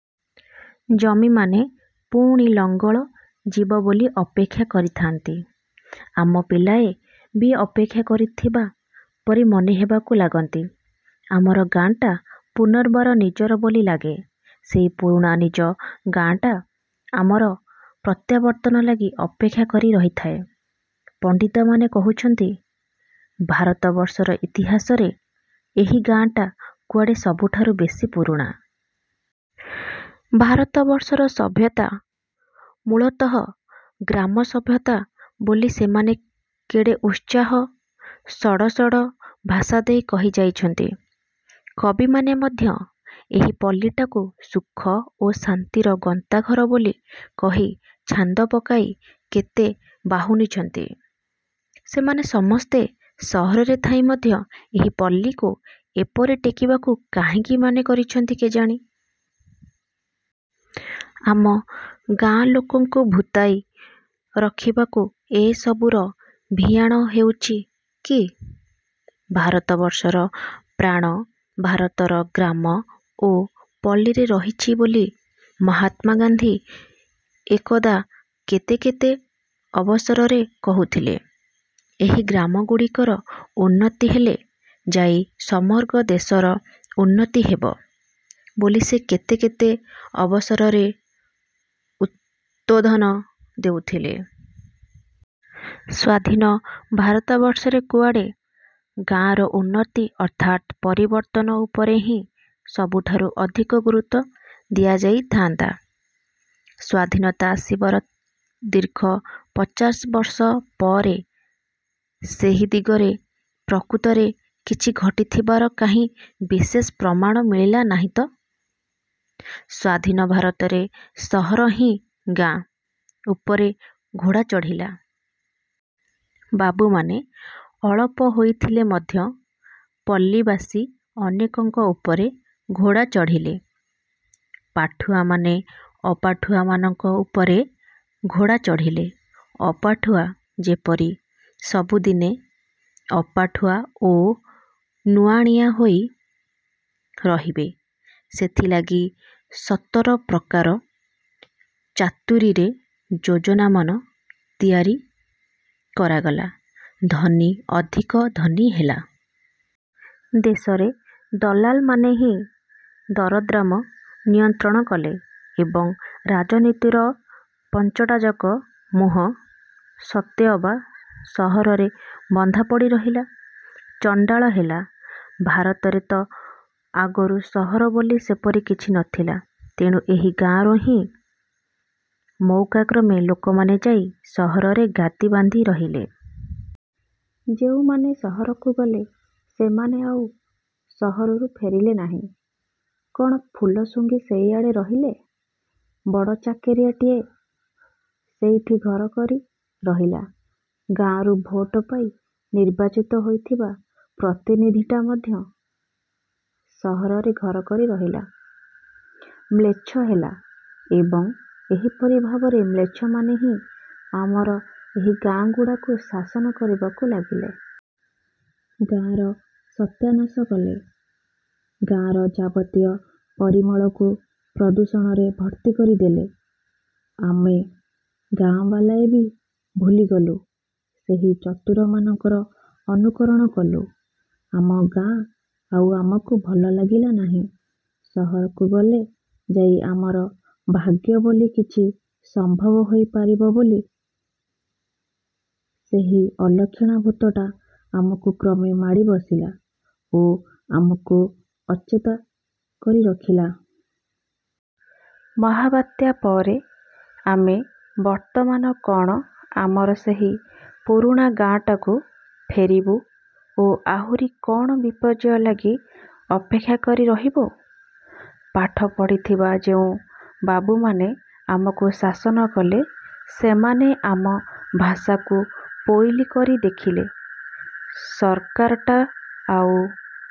ଜମିମାନେ ପୁଣି ଲଙ୍ଗଳ ଯିବ ବୋଲି ଅପେକ୍ଷା କରିଥାନ୍ତି, ଆମ ପିଲାଏ ବି ଅପେକ୍ଷା କରିଥିବା ପରି ମନେ ହେବାକୁ ଲାଗନ୍ତି। ଆମର ଗାଆଁଟା ପୁନର୍ବାର ନିଜର ବୋଲି ଲାଗେ, ସେଇ ପୁରୁଣା ନିଜ ଗାଆଁଟା, ଆମର ପ୍ରତ୍ୟାବର୍ତ୍ତନ ଲାଗି ଅପେକ୍ଷା କରି ରହିଥାଏ। ପଣ୍ଡିତମାନେ କହୁଛନ୍ତି, ଭାରତବର୍ଷର ଇତିହାସରେ ଏହି ଗାଆଁଟା କୁଆଡ଼େ ସବୁଠାରୁ ବେଶୀ ପୁରୁଣା। ଭାରତବର୍ଷର ସଭ୍ୟତା ମୂଳତଃ ଗ୍ରାମସଭ୍ୟତା ବୋଲି ସେମାନେ କେଡ଼େ ଉତ୍ସାହ-ସଡ଼ସଡ଼ ଭାଷା ଦେଇ କହିଯାଇଛନ୍ତି। କବିମାନେ ମଧ୍ୟ ଏହି ପଲ୍ଲୀଟାକୁ ସୁଖ ଓ ଶାନ୍ତିର ଗନ୍ତାଘର ବୋଲି କହି ଛାନ୍ଦ ପକାଇ କେତେ ବାହୁନିଛନ୍ତି। ସେମାନେ ସମସ୍ତେ ସହରରେ ଥାଇ ମଧ୍ୟ ଏହି ପଲ୍ଲୀକୁ ଏପରି ଟେକିବାକୁ କାହିଁକି ମନ କରିଛନ୍ତି କେଜାଣି? ଆମ ଗାଆଁଲୋକଙ୍କୁ ଭୂତାଇ ରଖିବାକୁ ଏସବୁର ଭିଆଣ ହୋଇଛି କି? ଭାରତବର୍ଷର ପ୍ରାଣ ଭାରତର ଗ୍ରାମ ଓ ପଲ୍ଲୀରେ ରହିଛି ବୋଲି ମହାତ୍ମା ଗାନ୍ଧୀ ଏକଦା କେତେ କେତେ ଅବସରରେ କହୁଥିଲେ। ଏହି ଗ୍ରାମଗୁଡ଼ିକର ଉନ୍ନତି ହେଲେ ଯାଇ ସମଗ୍ର ଦେଶର ଉନ୍ନତି ହେବ ବୋଲି ସେ କେତେ କେତେ ଅବସରରେ ଉଦ୍ବୋଧନ ଦେଉଥିଲେ। ସ୍ୱାଧୀନ ଭାରତବର୍ଷରେ କୁଆଡ଼େ ଗାଆଁର ଉନ୍ନତି ଅର୍ଥାତ୍ ପରିବର୍ତ୍ତନ ଉପରେ ହିଁ ସବୁଠାରୁ ଅଧିକ ଗୁରୁତ୍ୱ ଦିଆଯାଇଥାନ୍ତା। ସ୍ଵାଧୀନତା ଆସିବାର ଦୀର୍ଘ ପଚାଶ ବର୍ଷ ପରେ ସେହି ଦିଗରେ ପ୍ରକୃତରେ କିଛି ଘଟିଥିବାର କାହିଁ ବିଶେଷ ପ୍ରମାଣ ମିଳିଲା ନାହିଁ ତ? ସ୍ୱାଧୀନ ଭାରତରେ ସହର ହିଁ ଗାଁ ଉପରେ ଘୋଡ଼ା ଚଢ଼ିଲା। ବାବୁମାନେ ଅଳପ ହୋଇଥିଲେ ମଧ୍ୟ ପଲ୍ଲୀବାସୀ ଅନେକଙ୍କ ଉପରେ ଘୋଡ଼ା ଚଢ଼ିଲେ। ପାଠୁଆମାନେ ଅପାଠୁଆମାନଙ୍କ ଉପରେ ଘୋଡ଼ା ଚଢ଼ିଲେ। ଅପାଠୁଆ ଯେପରି ସବୁଦିନେ ଅପାଠୁଆ ଓ ନୁଆଁଣିଆ ହୋଇ ରହିବେ, ସେଥିଲାଗି ସତର ପ୍ରକାର ଚାତୁରୀରେ ଯୋଜନାମାନ ତିଆରି କରାଗଲା। ଧନୀ ଅଧିକ ଧନୀ ହେଲା। ଦେଶରେ ଦଲାଲମାନେ ହିଁ ଦରଦାମ୍ର ନିୟନ୍ତ୍ରଣ କଲେ ଏବଂ ରାଜନୀତିର ପାଂଚଟାଯାକ ମୁହଁ ସତେଅବା ସହରରେ ବନ୍ଧାପଡ଼ି ରହିଲା। ଚଣ୍ଡାଳ ହେଲା। ଭାରତବର୍ଷରେ ତ ଆଗରୁ ସହର ବୋଲି ସେପରି କିଛି ନଥିଲା। ତେଣୁ ଏହି ଗାଁରୁ ହିଁ ମଉକାକ୍ରମେ ଲୋକମାନେ ଯାଇ ସହରରେ ଗାଦୀ ବାନ୍ଧି ରହିଲେ। ଯେଉଁମାନେ ସହରକୁ ଗଲେ, ସେମାନେ ଆଉ ସହରରୁ ଫେରିଲେ ନାହିଁ। କ'ଣ ଫୁଲ ସୁଂଘି ସେଇଆଡ଼େ ରହିଲେ। ବଡ଼ ଚାକିରିଆଟିଏ ସେଇଠି ଘର କରି ରହିଲା। ଗାଆଁରୁ ଭୋଟ ପାଇ ନିର୍ବାଚିତ ହୋଇଥିବା ପ୍ରତିନିଧିଟା ମଧ୍ୟ ସହରରେ ଘର କରି ରହିଲା, ମ୍ଲେଚ୍ଛ ହେଲା ଏବଂ ଏହିପରି ଭାବରେ ମ୍ଲେଚ୍ଛମାନେ ହିଁ ଆମର ଏହି ଗାଆଁଗୁଡ଼ାକୁ ଶାସନ କରିବାକୁ ଲାଗିଲେ। ଗାଆଁର ସତ୍ୟାନାଶ କଲେ। ଗାଆଁର ଯାବତୀୟ ପରିମଳକୁ ପ୍ରଦୂଷଣରେ ଭର୍ତ୍ତି କରି। ଦେଲେ। ଆମେ ଗାଆଁବାଲାଏ ବି ଭୁଲି ଗଲୁ। ସେହି ଚତୁରମାନଙ୍କର ଅନୁକରଣ କଲୁ। ଆମ ଗାଆଁ ଆଉ ଆମକୁ ଭଲ ଲାଗିଲା ନାହିଁ। ସହରକୁ ଗଲେ ଯାଇ ଆମର ଭାଗ୍ୟ ବୋଲି କିଛି ସମ୍ଭବ ହୋଇ ପାରିବ ବୋଲି ସେହି ଅଲକ୍ଷଣା ଭୂତଟା ଆମକୁ କ୍ରମେ ମାଡ଼ି ବସିଲା ଓ ଆମକୁ ଅଚେତା କରି ରଖିଲା। ମହାବାତ୍ୟା ପରେ ଆମେ ବର୍ତ୍ତମାନ କ'ଣ ଆମର ସେହି ପୁରୁଣା ଗାଆଁଟାକୁ ଫେରିବୁ ଓ ଆହୁରି କ'ଣ ବିପର୍ଯ୍ୟୟ ଲାଗି ଅପେକ୍ଷା କରି ରହିବୁ? ପାଠ ପଢ଼ିଥିବା ଯେଉଁ ବାବୁମାନେ ଆମକୁ ଶାସନ କଲେ, ସେମାନେ ଆମ ଭାଷାକୁ ପୋଇଲୀ କରି ଦେଖିଲେ। ସରକାରଟା ଆଉ